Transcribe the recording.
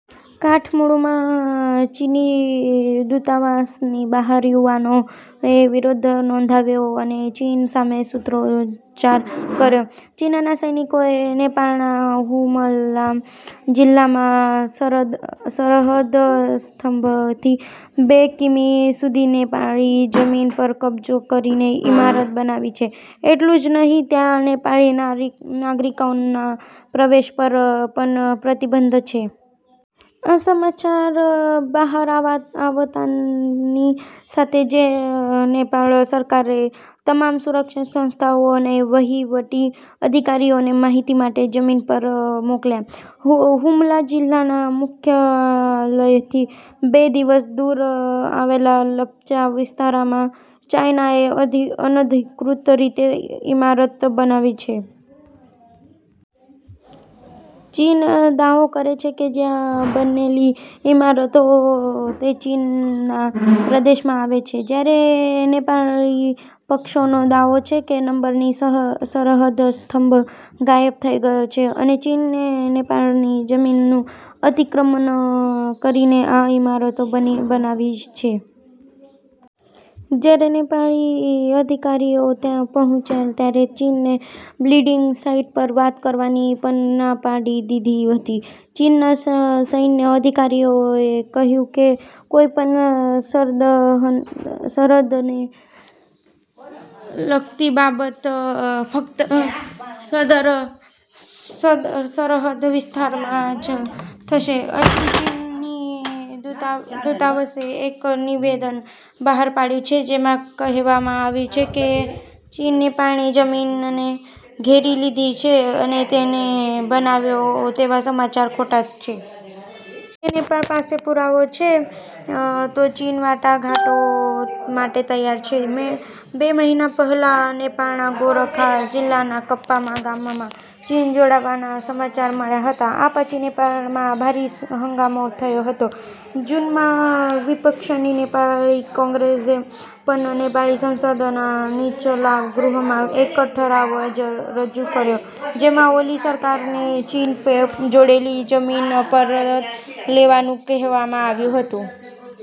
કાઠમંડુમાં ચીની દૂતાવાસની બહાર યુવાનોએ વિરોધ નોંધાવ્યો અને ચીન સામે સૂત્રોચ્ચાર કર્યા. ચીનના સૈનિકોએ નેપાળના હુમલા જિલ્લામાં સરહદ સ્તંભની બે કિ. મી. માં નેપાળી જમીન પર કબજો કરીને ઇમારત બનાવી છે. એટલું જ નહીં, ત્યાં નેપાળી નાગરિકોના પ્રવેશ પર પણ પ્રતિબંધ છે. આ સમાચાર બહાર આવતાની સાથે જ નેપાળ સરકારે તમામ સુરક્ષા સંસ્થાઓ અને વહીવટી અધિકારીઓને માહિતી માટે જમીન પર મોકલ્યા. હુલા જિલ્લાના મુખ્યાલયથી બે દિવસ દૂર આવેલા લપ્ચા વિસ્તારમાં, ચાઇનાથી અનધિકૃત રીતે ઇમારતો બનાવવામાં આવી છે. ચીન દાવો કરે છે કે, જ્યાં બનેલી ઇમારતો તે ચીનના પ્રદેશમાં આવે છે, જ્યારે નેપાળી પક્ષનો દાવો છે કે, નંબરની સરહદ સ્તંભ ગાયબ થઈ ગયો છે અને ચીને નેપાળની જમીનને અતિક્રમણ કરતી આ ઇમારતો બનાવી છે. જ્યારે નેપાળી અધિકારીઓ ત્યાં પહોંચ્યા ત્યારે ચીને બિલ્ડિંગ સાઇટ પર વાત કરવાની પણ ના પાડી દીધી હતી. ચીનના સૈન્ય અધિકારીઓએ કહ્યું કે, કોઈપણ સરહદને લગતી બાબત ફક્ત સરહદ વિસ્તારમાં થશે. અહીં, ચીની દૂતાવાસે એક નિવેદન બહાર પાડ્યું છે જેમાં કહેવામાં આવ્યું છે કે, ચીને નેપાળની જમીનને ઘેરી લીધી છે અને તેને બનાવ્યો તેવા સમાચાર ખોટા છે. જો નેપાળ પાસે પુરાવા છે, તો ચીન વાટાઘાટો માટે તૈયાર છે. બે મહિના પહેલા, નેપાળના ગોરખા જિલ્લાના કપ્પા ગામમાં ચીન જોડાવાના સમાચાર મળ્યા હતા. આ પછી નેપાળમાં ભારે હંગામો થયો હતો. જૂનમાં, વિપક્ષની નેપાળી કોંગ્રેસે પણ નેપાળી સંસદના નીચલા ગૃહમાં એક ઠરાવ રજૂ કર્યો, જેમાં ઓલી સરકારને ચીનની જોડેલી જમીન પરત લેવાનું કહેવામાં આવ્યું હતું.